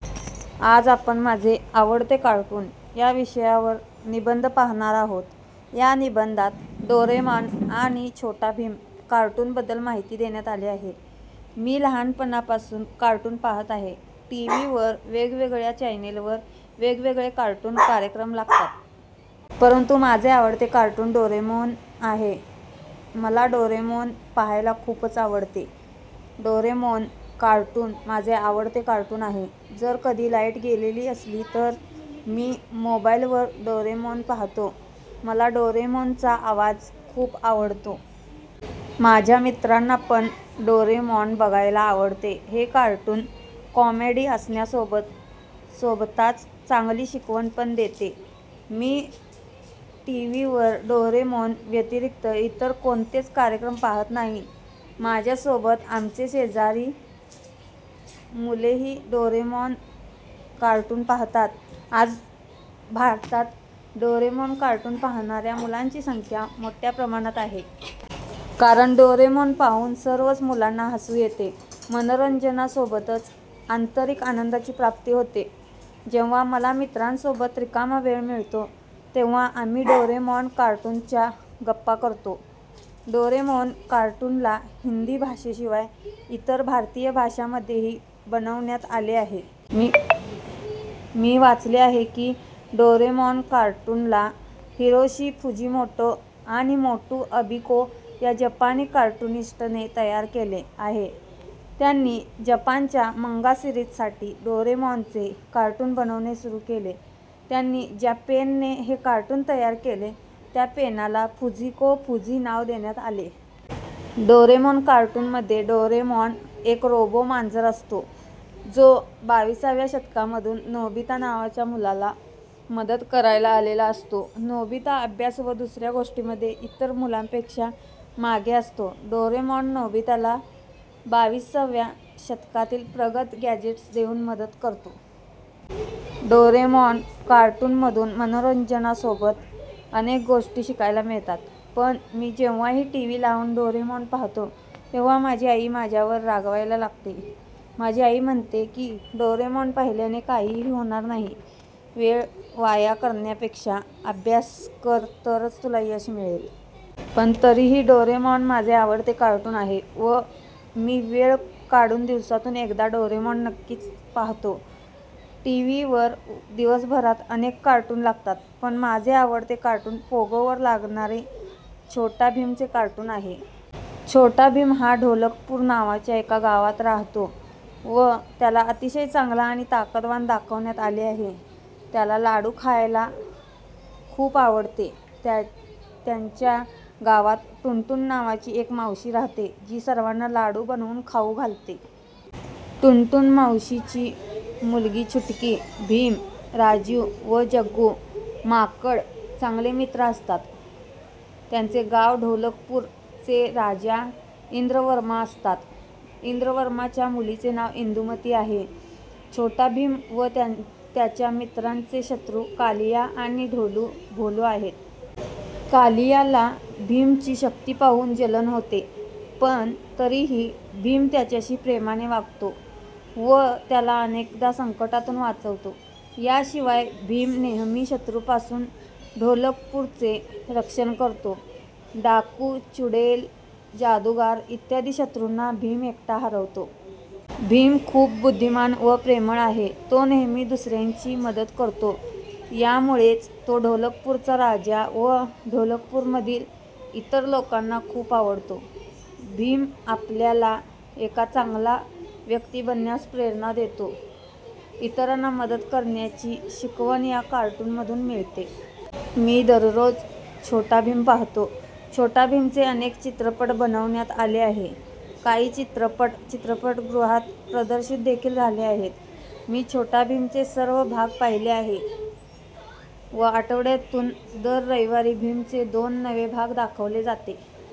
आज आपण माझे आवडते कार्टून या विषयावर निबंध पाहणार आहोत. या निबंधात डोरेमोन आणि छोटा भीम कार्टून बद्दल माहिती देण्यात आली आहे. मी लहानपणापासून कार्टून पाहत आहे. टीव्ही वर वेगवेगळ्या चॅनल वर वेगवेगळे कार्टून कार्यक्रम लागतात. परंतु माझे आवडते कार्टून डोरेमोन आहे. मला डोरेमोन पाहायला खूपच आवडते. डोरेमोन कार्टून माझे आवडते कार्टून आहे. जर कधी लाईट गेलेली असली तर मी मोबाईल वर डोरेमोन पाहतो. मला डोरेमोन चा आवाज खूप आवडतो. माझ्या मित्रांना पण डोरेमॉन बघायला आवडते. हे कार्टून कॉमेडी असण्यासोबताच चांगली शिकवण पण देते. मी टीव्ही वर डोरेमोन व्यतिरिक्त इतर कोणतेच कार्यक्रम पाहत नाही. माझ्यासोबत आमचे शेजारी मुलेही डोरेमोन कार्टून पाहतात. आज भारतात डोरेमोन कार्टून पाहणाऱ्या मुलांची संख्या मोठ्या प्रमाणात आहे. कारण डोरेमोन पाहून सर्वच मुलांना हसू येते. मनोरंजनासोबतच आंतरिक आनंदाची प्राप्ती होते. जेव्हा मला मित्रांसोबत रिकामा वेळ मिळतो तेव्हा आम्ही डोरेमॉन कार्टून च्या गप्पा करतो. डोरेमोन कार्टून ला हिंदी भाषेशिवाय इतर भारतीय भाषांमध्येही बनवण्यात आले आहे. मी वाचले आहे की डोरेमॉन कार्टून ला हिरोशी फुजिमोटो आणि मोटू अबिको या जपानी कार्टूनीस्ट ने तयार केले आहे. त्यांनी जपान च्या मंगा सीरिज साठी डोरेमॉन चे कार्टून बनवणे सुरु केले, त्यांनी ज्या पेन ने हे कार्टून तयार केले त्या पेनाला फुजिको फुजी नाव देण्यात आले. डोरेमोन कार्टून मध्ये डोरेमॉन एक रोबो मांजर असतो, जो बाविसाव्या शतकामधून नोबिता नावाच्या मुलाला मदत करायला आलेला असतो. नोबिता अभ्यास व दुसऱ्या गोष्टीमध्ये इतर मुलांपेक्षा मागे असतो. डोरेमॉन नोबिताला बाविसाव्या शतकातील प्रगत गॅजेट्स देऊन मदत करतो. डोरेमॉन कार्टून मधून मनोरंजनासोबत अनेक गोष्टी शिकायला मिळतात. पण मी जेव्हाही टीव्ही लाऊन डोरेमॉन पाहतो तेव्हा माझी आई माझ्यावर रागावयाला लागते, माझी आई म्हणते की डोरेमॉन पाहिल्याने काहीही होणार नाही वेळ वाया करण्यापेक्षा अभ्यास कर तरच तुला यश मिळेल. पण तरीही डोरेमॉन माझे आवडते कार्टून आहे व मी वेळ काढून दिवसातून एकदा डोरेमॉन नक्कीच पाहतो. टीव्ही वर दिवसभरात अनेक कार्टून लागतात. पण माझे आवडते कार्टून पोगो वर लागणारे छोटा भीम चे कार्टून आहे. छोटा भीम हा ढोलकपुर नावाच्या एका गावात राहतो. व त्याला अतिशय चांगला आणि ताकदवान दाखवण्यात आले आहे. त्याला लाडू खायला खूप आवडते. त्यांच्या गावात टून टून नावाची एक मावशी राहते जी सर्वांना लाडू बनवून खाऊ घालते. टून टून मावशी ची मुलगी छुटकी, भीम, राजू व जग्गू माकड चांगले मित्र असतात. त्यांचे गाव ढोलकपुर चे राजा इंद्र वर्मा असतात इंद्रवर्मा च्या मुलीचे नाव इंदुमती आहे. छोटा भीम व त्याच्या मित्रांचे शत्रू कालिया आणि ढोलू भोलू आहेत. कालिया ला भीम ची शक्ती पाहून जलन होते. पण तरीही भीम त्याच्याशी प्रेमाने वागतो व त्याला अनेकदा संकटातून वाचवतो. या शिवाय भीम नेहमी शत्रूपासून ढोलकपुर चे रक्षण करतो डाकू, चुडेल, जादूगार इत्यादी शत्रूंना भीम एकटा हरवतो. भीम खूप बुद्धिमान व प्रेमळ आहे. तो नेहमी दुसऱ्यांची मदत करतो. या मुळेच तो ढोलकपुरचा राजा व ढोलकपुरमधील इतर लोकांना खूप आवडतो. भीम आपल्याला एका चांगला व्यक्ती बनण्यास प्रेरणा देतो. इतरांना मदत करण्याची शिकवण या कार्टून मधून मिळते. मी दररोज छोटा भीम पाहतो. छोटा भीम चे अनेक चित्रपट बनवण्यात आले आहे. काही चित्रपट चित्रपटगृहात प्रदर्शित देखील झाले आहेत. मी छोटा भीम चे सर्व भाग पाहिले आहे. व आठवड्यातून दर रविवारी भीम चे दोन नवे भाग दाखवले जाते.